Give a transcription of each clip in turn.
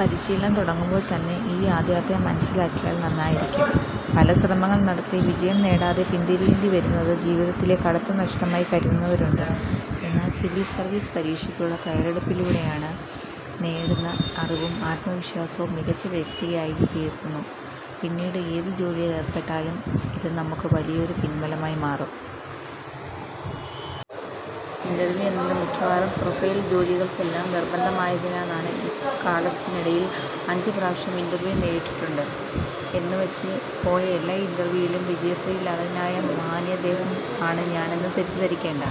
പരിശീലനം തുടങ്ങുമ്പോള് തന്നെ ഈ യാഥാര്ത്ഥ്യം മനസ്സിലാക്കിയാല് നന്നായിരിക്കും. പല ശ്രമങ്ങള് നടത്തി വിജയം നേടാതെ പിന്തിരിയേണ്ടി വരുന്നത് ജീവിതത്തിലെ കടുത്ത നഷ്ടമായി കരുതുന്നവരുണ്ട്. എന്നാല്, സിവില് സര്വീസ് പരീക്ഷയ്ക്കുള്ള തയ്യാറെടുപ്പിലൂടെ നേടുന്ന അറിവും ആത്മവിശ്വാസവും മികച്ച വ്യക്തിയാക്കിത്തീര്ക്കുന്നു. പിന്നീട് ഏത് ജോലിയില് ഏര്പ്പെട്ടാലും ഇത് നമുക്ക് വലിയൊരു പിന്ബലമായിമാറും. ഇന്റര്വ്യൂ എന്നത് മിക്കവാറും പ്രൊഫഷണല് ജോലികള്ക്കെല്ലാം നിര്ബന്ധമായതിനാല് ഇക്കാലത്തിനിടയില് അഞ്ചു പ്രാവശ്യം ഇന്റര്വ്യൂ നേരിട്ടിട്ടുണ്ട്. എന്നുവെച്ച് പോയ എല്ലാ ഇന്റര്വ്യൂവിലും വിജയശ്രീലാളിതനായ മാന്യദേഹം ആണ് ഞാനെന്ന് തെറ്റിദ്ധരിക്കേണ്ട.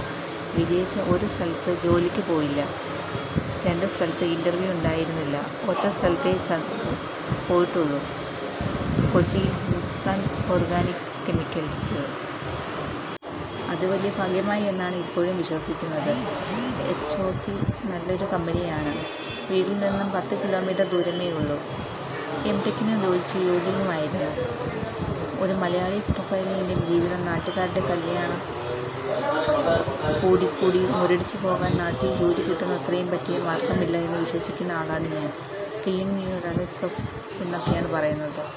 വിജയിച്ച ഒരു സ്ഥലത്ത് ജോലിക്കു പോയില്ല, രണ്ടു സ്ഥലത്ത് ഇന്റര്വ്യൂ ഉണ്ടായിരുന്നില്ല. ഒറ്റ സ്ഥലത്തേ ചന്തു തോറ്റുള്ളൂ, കൊച്ചിയില് ഹിന്ദുസ്ഥാന് ഓര്ഗാനിക്ക് കെമിക്കല്സില്. അത് വലിയ ഭാഗ്യമായി എന്നാണ് ഇപ്പോഴും വിശ്വസിക്കുന്നത്. എച്ച്ഒസി നല്ലൊരു കമ്പനിയാണ്, വീട്ടില് നിന്നും പത്തു കിലോമീറ്റര് ദൂരമേയുള്ളൂ, എംടെക്കിനു യോജിച്ച ജോലിയുമായിരുന്നു. ഒരു മലയാളി പ്രൊഫഷണലിന്റെ ജീവിതം നാട്ടുകാരുടെ കല്യാണം കൂടിക്കൂടി മുരടിച്ചു പോകാന് നാട്ടില് ജോലികിട്ടുന്നത്രയും പറ്റിയ മാര്ഗ്ഗമില്ല എന്ന് വിശ്വസിക്കുന്ന ആളാണ് ഞാന്. കില്ലിങ് യൊഉ സൊഫ്ത്ല്യ് എന്നൊക്കെ പറയുന്നത് ഇതാണ്.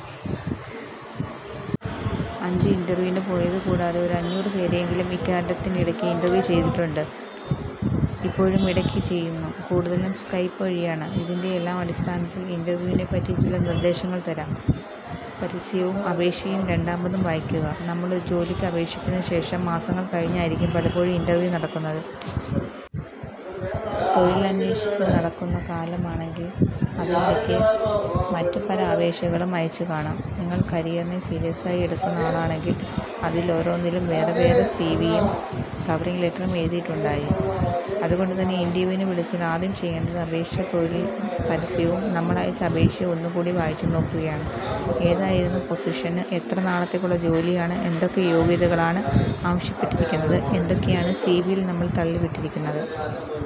അഞ്ച് ഇന്റര്വ്യൂവിന് പോയതുകൂടാതെ ഒരു അഞ്ഞൂറ് പേരെയെങ്കിലും ഇക്കാലത്തിനിടയില് ഇന്റര്വ്യൂ ചെയ്തിട്ടുണ്ട്, ഇപ്പോഴും ഇടക്കിടക്ക് ചെയ്യുന്നു. കൂടുതലും സ്കൈപ്പ് വഴിയാണ്. ഇതിന്റെയെല്ലാം അടിസ്ഥാനത്തില് ഇന്റര്വ്യൂവിനെപ്പറ്റി ചില നിര്ദേശങ്ങള് തരാം.. പരസ്യവും അപേക്ഷയും രണ്ടാമതും വായിക്കുക:നമ്മള് ഒരു ജോലിക്ക് അപേക്ഷിച്ചതിനു ശേഷം മാസങ്ങള് കഴിഞ്ഞായിരിക്കും പലപ്പോഴും ഇന്റര്വ്യൂ നടക്കുന്നത്. തൊഴിലന്വേഷിച്ച് നടക്കുന്ന കാലമാണെങ്കില് അതിനിടക്ക് മറ്റു പല അപേക്ഷകളും അയച്ചുകാണും. നിങ്ങള് കരിയറിനെ സീരിയസായി എടുക്കുന്ന ആളാണെങ്കില് അതിലോരോന്നിലും വേറെവേറെ സിവിയും കവറിങ് ലെറ്ററും എഴുതിയിട്ടുണ്ടാകും. അതുകൊണ്ടുതന്നെ ഇന്റര്വ്യൂവിന് വിളിച്ചാല് ആദ്യം ചെയ്യേണ്ടത് അപേക്ഷിച്ച തൊഴില് പരസ്യവും നമ്മളയച്ച അപേക്ഷയും ഒന്നുകൂടി വായിച്ചുനോക്കുകയാണ്. ഏതായിരുന്നു പൊസിഷന്, എത്ര നാളത്തേക്കുള്ള ജോലിയാണ്, എന്തൊക്കെ യോഗ്യതകളാണ് ആവശ്യപ്പെട്ടിരിക്കുന്നത്, എന്തൊക്കെയാണ് സിവിയില് നമ്മള് 'തള്ളി'വിട്ടിരിക്കുന്നത്.